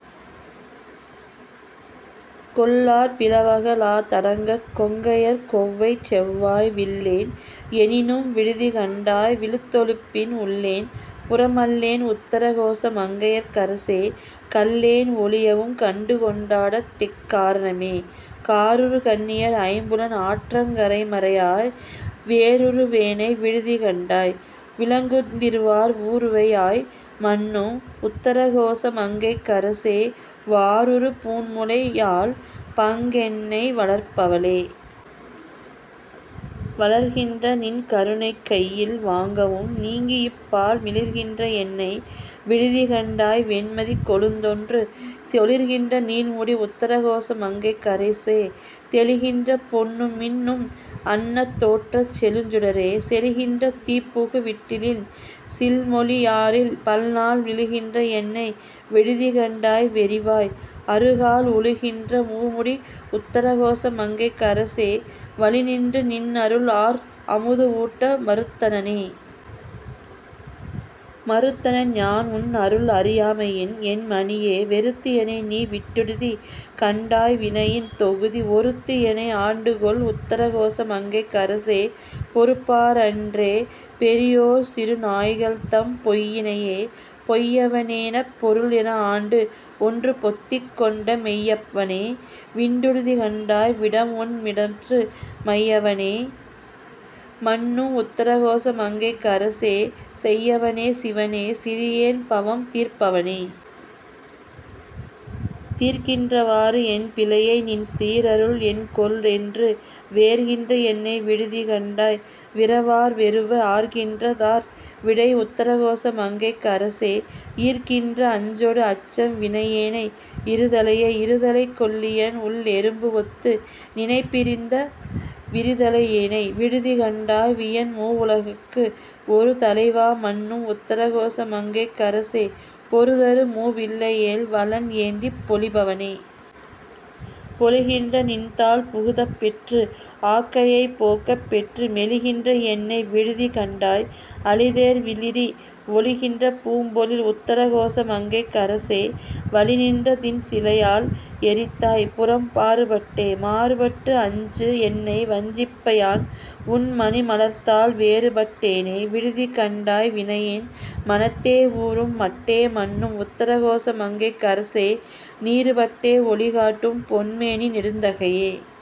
கொள்ளார் பிளவக லாத்தடங் கொங்கையர் கொவ்வைச்செவ்வாய் விள்ளேன் எனினும் விடுதிகண்டாய் விழுத்தொழுப்பின் உள்ளேன் புறமல்லேன் உத்தர கோசமங் கைக்கரசே கள்ளேன் ஒழியவும் கண்டுகொண்டாண்டதெக் காரணமே. காருறு கண்ணியர் ஐம்புலன் ஆற்றங் கரைமரமாய் வேருறு வேனை விடுதிகண்டாய் விளங்குந்திருவார் ஊருறை வாய்மன்னும் உத்தரகோசமங்கைக் கரசே வாருறு பூண்முலை யாள்பங்க என்னை வளர்ப்பவனே. வளர்கின்ற நின்கருணைக்கையில் வாங்கவும் நீங்கியிப்பால் மிளிர்கின்ற என்னை விடுதிகண்டாய் வெண்மதிக்கொழுந்தொன்று ஒளிர்கின்ற நீள்முடி உத்தரகோசமங்கைக்கரசே தெளிகின்ற பொன்னுமின் னும் அன்னதோற்றச் செழுஞ்சுடரே. செழிகின்ற தீப்புகு விட்டிலின் சில் மொழியாரில் பல்நாள் விழுகின்ற என்னை விடுதி கண்டாய் வெறி வாய் அறுகால் உழுகின்ற பூமுடி உத்தரகோசமங்கைக்கு அரசே வழிநின்று நின் அருள் ஆர் அமுது ஊட்ட மறுத்தனனே. மறுத்தனன் யான் உன் அருள் அறியாமையின் என் மணியே வெறுத்து எனை நீ விட்டிடுதி கண்டாய் வினையின் தொகுதி ஒறுத்து எனை ஆண்டுகொள் உத்தர கோச மங்கைக்கு அரசே பொறுப்பார் அன்றே பெரியோர் சிறுநாய்கள் தம் பொய்யினையே. பொய்யப்பனேனைப் பொருள் என ஆண்டு ஒன்று பொத்திக் கொண்ட மெய்யவனே விட்டிடுதி கண்டாய் விடம் உண்மிடற்று மையவனே மன்னும் உத்தரகோச மங்கைக்கு அரசே செய்யவனே சிவனே சிறியேன் பவம் தீர்ப்பவனே. தீர்க்கின்றவாறு என் பிழையை நின்சீர் அருள் என்கொல்என்று வேர்க்கின்ற என்னை விடுதி கண்டாய் விரவார் வெருவ ஆர்க்கின்ற தார்விடை உத்தரகோச மங்கைக்கு அரசே ஈர்க்கின்ற அஞ்சொடு அச்சம் வினையேனை இருதலையே. இருதலைக்கொள்ளியன் உள்எறும்பு ஒத்து நினைப்பிரிந்த விரிதலையேனை விடுதி கண்டாய் வியன் மூவுலகுக்கு ஒருதலைவா மன்னும் உத்தரகோச மங்கைக்கு அரசே பொருதரு மூவிலைவேல் வலன் ஏந்திப் பொலிபவனே. பொலிகின்ற நின்தாள் புகுதப் பெற்று ஆக்கையைப் போக்கப் பெற்று மெலிகின்ற என்னை விடுதி கண்டாய் அளிதேர் விளிரி ஒலிகின்ற பூம்பொழில் உத்தரகோச மங்கைக்கு அரசே வலி நின்ற திண்சிலையால் எரித்தாய் புரம் மாறுபட்டே. மாறுபட்டு அஞ்சு என்னை வஞ்சிப்ப யான்உன்மணி மலர்த்தாள் வேறுபட்டேனை விடுதி கண்டாய் வினையேன் மனத்தே ஊறும் மட்டே மன்னும் உத்தரகோச மங்கைக்கு அரசே நீறுபட்டே ஒளி காட்டும் பொன்மேனி நெடுந்தகையே.